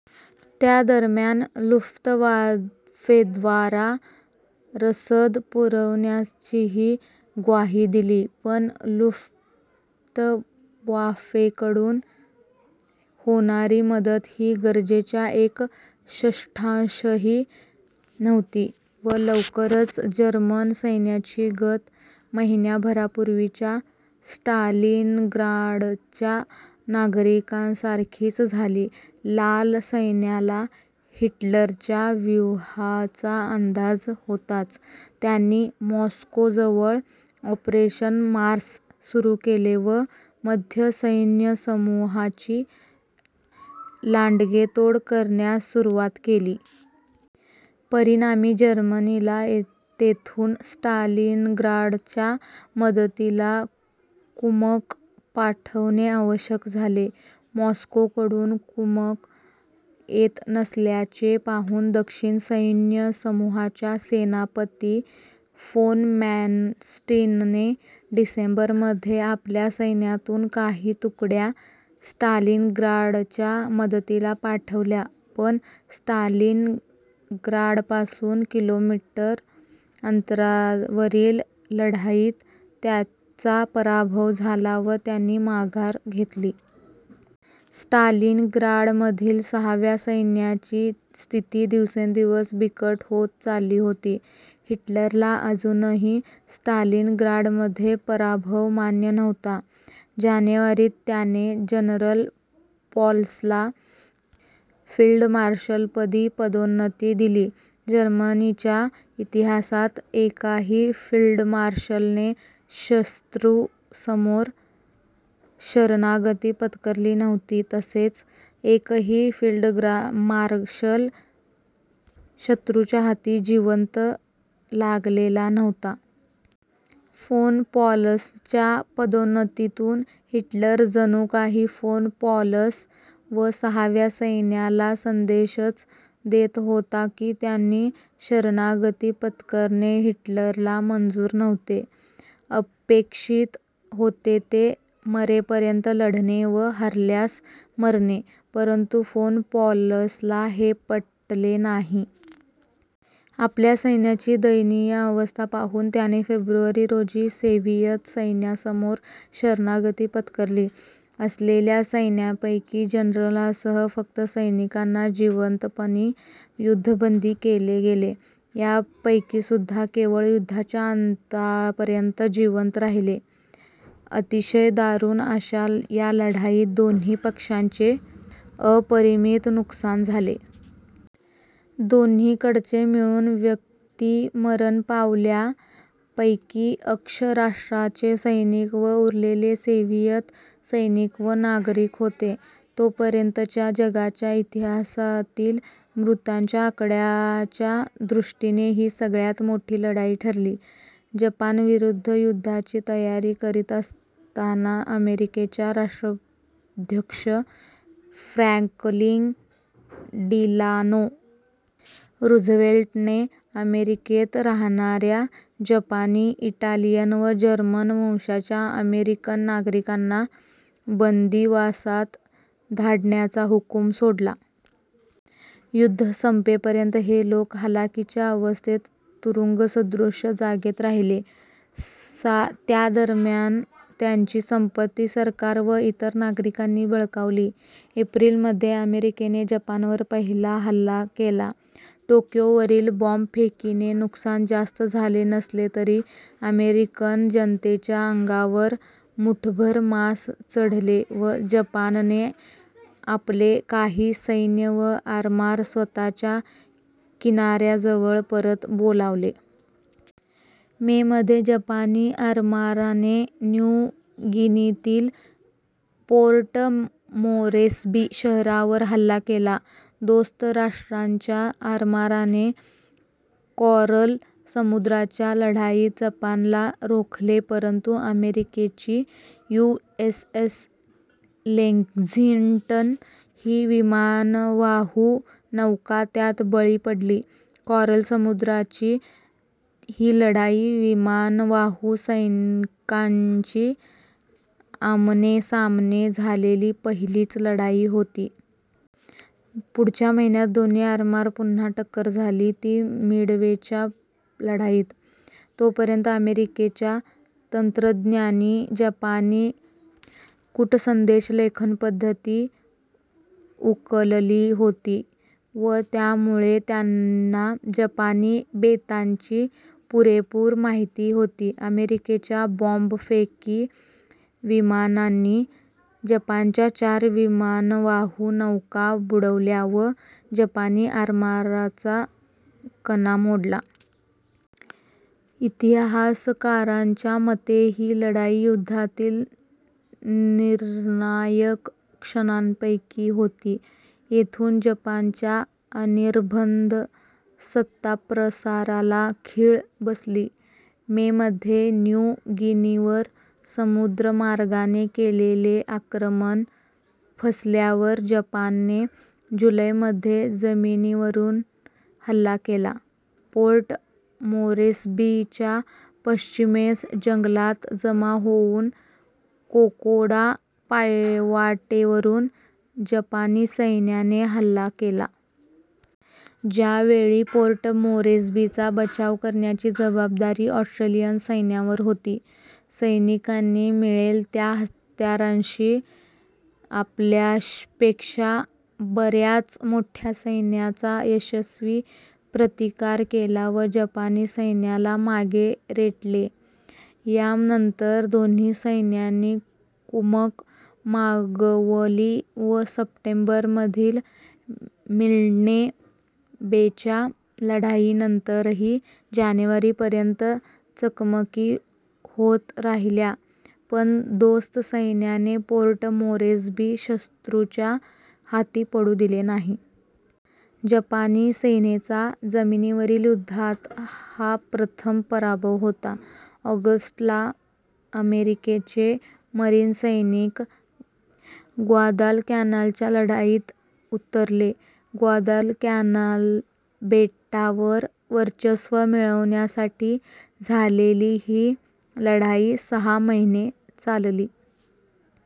त्यादरम्यान लुफ्तवाफेद्वारा रसद पुरवण्याचीही ग्वाही दिली. पण लुफ्तवाफेकडून होणारी मदत ही गरजेच्या एक षष्ठांशही नव्हती व लवकरच जर्मन सैन्याची गत महिन्याभरापूर्वीच्या स्टालिनग्राडच्या नागरिकांसारखीच झाली. लाल सैन्याला हिटलरच्या व्यूहाचा अंदाज होताच. त्यांनी मॉस्कोजवळ ऑपरेशन मार्स सुरू केले व मध्य सैन्यसमूहाची लांडगेतोड करण्यास सुरुवात केली. परिणामी जर्मनीला तेथून स्टालिनग्राडच्या मदतीला कुमक पाठवणे अशक्य झाले. मॉस्कोकडून कुमक येत नसल्याचे पाहून दक्षिण सैन्यसमूहाच्या सेनापती फोन मॅनस्टीनने डिसेंबरमध्ये आपल्या सैन्यातून काही तुकड्या स्टालिनग्राडच्या मदतीला पाठवल्या पण स्टालिनग्राडपासून कि. मी. अंतरावरील लढाईत त्यांचा पराभव झाला व त्यांनी माघार घेतली. स्टालिनग्राडमधील सहाव्या सैन्याची स्थिती दिवसेंदिवस बिकट होत चालली होती. हिटलरला अजूनही स्टालिनग्राडमध्ये पराभव मान्य नव्हता. जानेवारीत त्याने जनरल पॉलसला फील्डमार्शलपदी पदोन्नती दिली. जर्मनीच्या इतिहासात एकाही फील्डमार्शलने शत्रूसमोर शरणागती पत्करली नव्हती तसेच एकही फील्डमार्शल शत्रूच्या हाती जिवंत लागलेला नव्हता. फोन पॉलसच्या पदोन्नतीतून हिटलर जणू काही फोन पॉलस व सहाव्या सैन्याला संदेशच देत होता की त्यांनी शरणागती पत्करणे हिटलरला मंजूर नव्हते. अपेक्षित होते ते मरेपर्यंत लढणे व हरल्यास मरणे. परंतु फोन पॉलसला हे पटले नाही. आपल्या सैन्याची दयनीय अवस्था पाहून त्याने फेब्रुवारी रोजी सोव्हिएत सैन्यासमोर शरणागती पत्करली. असलेल्या सैनिकांपैकी जनरलांसह फक्त सैनिकांना जिवंतपणी युद्धबंदी केले गेले. यांपैकीसुद्धा केवळ युद्धाच्या अंतापर्यंत जिवंत राहिले. अतिशय दारुण अशा या लढाईत दोन्ही पक्षांचे अपरिमित नुकसान झाले. दोन्हीकडचे मिळून व्यक्ती मरण पावल्या. पैकी अक्ष राष्ट्रांचे सैनिक व उरलेले सोव्हिएत सैनिक व नागरिक होते. तोपर्यंतच्या जगाच्या इतिहासातील मृतांच्या आकड्याच्या दृष्टीने ही सगळ्या मोठी लढाई ठरली. जपानविरुद्ध युद्धाची तयारी करीत असताना अमेरिकेच्या राष्ट्राध्यक्ष फ्रॅंकलिन डिलानो रूझवेल्टने अमेरिकेत राहणाऱ्या जपानी, इटालियन व जर्मन वंशाच्या अमेरिकन नागरिकांना बंदिवासात धाडण्याचा हुकुम सोडला. युद्ध संपेपर्यंत हे लोक हलाखीच्या अवस्थेत तुरुंगसदृश जागेत राहिले. त्यादरम्यान त्यांची संपत्ती सरकार व इतर नागरिकांनी बळकावली. एप्रिल मध्ये अमेरिकेने जपानवर पहिला हल्ला केला. टोक्योवरील बॉम्बफेकीने नुकसान जास्त झाले नसले तरी अमेरिकन जनतेच्या अंगावर मूठभर मांस चढले व जपानने आपले काही सैन्य व आरमार स्वतःच्या किनाऱ्याजवळ परत बोलावले. मेमध्ये जपानी आरमाराने न्यू गिनीतील पोर्ट मोरेस्बी शहरावर हल्ला केला. दोस्त राष्ट्रांच्या आरमाराने कॉरल समुद्राच्या लढाईत जपानला रोखले परंतु अमेरिकेची यु. एस. एस. लेक्झिंग्टन ही विमानवाहू नौका त्यात बळी पडली. कॉरल समुद्राची ही लढाई विमानवाहू नौकांची आमनेसामने झालेली पहिलीच लढाई होती. पुढच्या महिन्यात दोन्ही आरमारात पुन्हा टक्कर झाली ती मिडवेच्या लढाईत. तोपर्यंत अमेरिकेच्या तंत्रज्ञांनी जपानी कूटसंदेशलेखनपद्धती उकलली होती व त्यामुळे त्यांना जपानी बेतांची पूरेपूर माहिती होती. अमेरिकेच्या बॉम्बफेकी विमानांनी जपानच्या चार विमानवाहू नौका बुडवल्या व जपानी आरमाराचा कणा मोडला. इतिहासकारांच्या मते ही लढाई युद्धातील निर्णायक क्षणांपैकी होती. येथून जपानच्या अनिर्बंध सत्ताप्रसाराला खीळ बसली. मेमध्ये न्यू गिनीवर समुद्रीमार्गाने केलेले आक्रमण फसल्यावर जपानने जुलैमध्ये जमिनीवरून हल्ला केला. पोर्ट मोरेस्बीच्या पश्चिमेस जंगलात जमा होऊन कोकोडा पायवाटेवरून जपानी सैन्याने हल्ला केला. त्यावेळी पोर्ट मोरेस्बीचा बचाव करण्याची जबाबदारी ऑस्ट्रेलियन सैन्यावर होती. सैनिकांनी मिळेल त्या हत्यारांनिशी आपल्यापेक्षा बऱ्याच मोठ्या सैन्याचा यशस्वी प्रतिकार केला व जपानी सैन्याला मागे रेटले. यानंतर दोन्ही सैन्यांनी कुमक मागवली व सप्टेंबरमधील मिल्ने बेच्या लढाईनंतरही जानेवारी पर्यंत चकमकी होत राहिल्या पण दोस्त सैन्याने पोर्ट मोरेस्बी शत्रूच्या हाती पडू दिले नाही. जपानी सेनेचा जमिनीवरील युद्धात हा प्रथम पराभव होता. ऑगस्ट ला अमेरिकेचे मरीन सैनिक ग्वादालकॅनालच्या लढाईत उतरले. ग्वादालकॅनाल बेटावर वर्चस्व मिळवण्यासाठी झालेली ही लढाई सहा महिने चालली.